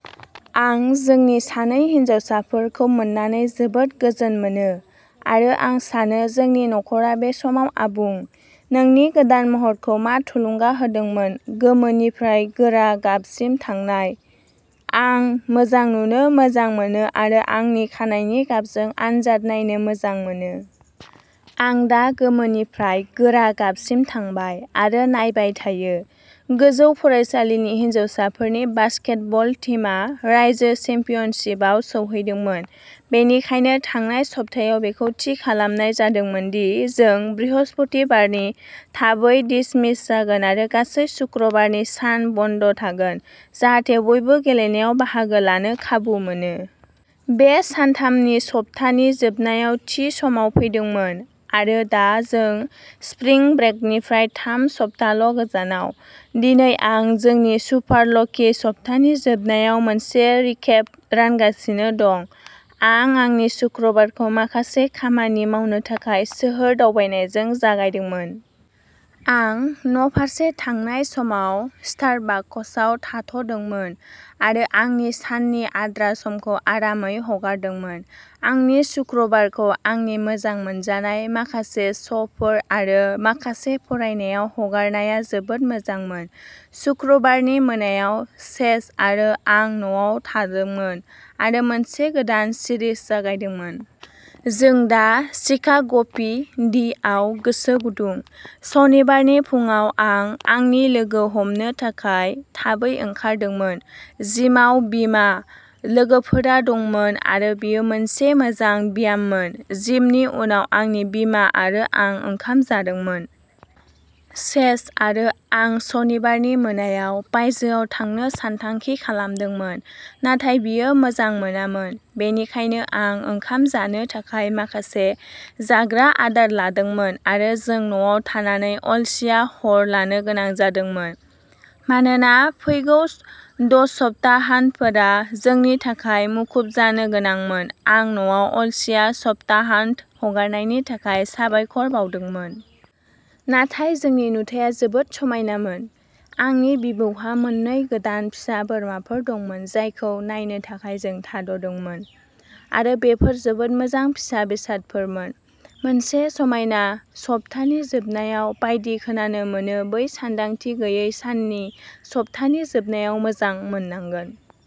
आं जोंनि सानै हिनजावफोरखौ मोननानै जोबोद गोजोन मोनो, आरो आं सानो जोंनि नखरा बे समाव आबुं। " नोंनि गोदान महरखौ मा थुलुंगा होदोंमोन-गोमोनिफ्राय गोरा गाबसिम थांनाय? "आं मोजां नुनो मोजां मोनो आरो आंनि खानाइनि गाबजों आनजाद नायनो मोजां मोनो। आं दा गोमोनिफ्राय गोरा गाबसिम थांबाय, आरो नायबाय थायो। गोजौ फरायसालिनि हिनजावसाफोरनि बास्केटबल टीमा रायजो चेम्पियनशिपआव सौहैदोंमोन, बेनिखायनो थांनाय सप्तायाव बेखौ थि खालामनाय जादोंमोन दि जों बृहस्पतिबारनि थाबै डिसमिस जागोन आरो गासै शुक्रबारनि सान बन्द थागोन, जाहाथे बयबो गेलेनायाव बाहागो लानो खाबु मोनो। बे सानथामनि सप्तानि जोबनायाव थि समाव फैदोंमोन, आरो दा जों स्प्रिं ब्रेकनिफ्राय थाम सप्ताल'गोजानाव! दिनै आं जोंनि सुपार ल'की सप्तानि जोबनायाव मोनसे रिकेप रानगासिनो दं। आं आंनि सुक्रुबारखौ माखासे खामानि मावनो थाखाय सोहोर दावबायनायजों जागायदोंमोन। आं न'फारसे थांनाय समाव स्टारबाकसआव थाद'दोंमोन आरो आंनि साननि आद्रा समखौ आरामै हगारदोंमोन। आंनि सुक्रुबारखौ आंनि मोजां मोनजानाय माखासे श'फोर आरो माखासे फरायनायाव हगारनाया जोबोद मोजांमोन। सुक्रुबारनि मोनायाव चेज आरो आं न'आव थादोंमोन आरो मोनसे गोदान सिरिज जागायदोंमोन। जों दा शिकाग'पि. डि. आव गोसो गुदुं। सनिबारनि फुंआव आं आंनि लोगो हमनो थाखाय थाबै ओंखारदोंमोन। जिमाव बिमा। लोगोफोरा दंमोन आरो बेयो मोनसे मोजां ब्याममोन। जिमनि उनाव आंनि बिमा आरो आं ओंखाम जादोंमोन। चेज आरो आं सनिबारनि मोनायाव बायजोआव थांनो सानथांखि खालामदोंमोन, नाथाय बियो मोजां मोनामोन, बेनिखायनो आं ओंखाम जानो थाखाय माखासे जाग्रा आदार लादोंमोन आरो जों न'आव थानानै अलसिया हर लानो गोनां जादोंमोन। मानोना फैगौ द'सप्ताहान्तफोरा जोंनि थाखाय मुखुब जानो गोनांमोन, आं न'आव अलसिया सप्ताहान्त हगारनायनि थाखाय साबायखर बावदोंमोन। नाथाय जोंनि नुथाया जोबोद समायनामोन! आंनि बिबौहा मोननै गोदान फिसा बोरमाफोर दंमोन जायखौ नायनो थाखाय जों थाद'दोंमोन। आरो बेफोर जोबोद मोजां फिसा बेसादफोरमोन। मोनसे समायना सप्तानि जोबनायाव बायदि खोनानो मोनो-बै सानदांथि गैयै साननि सप्तानि जोबनायाव मोजां मोननांगोन!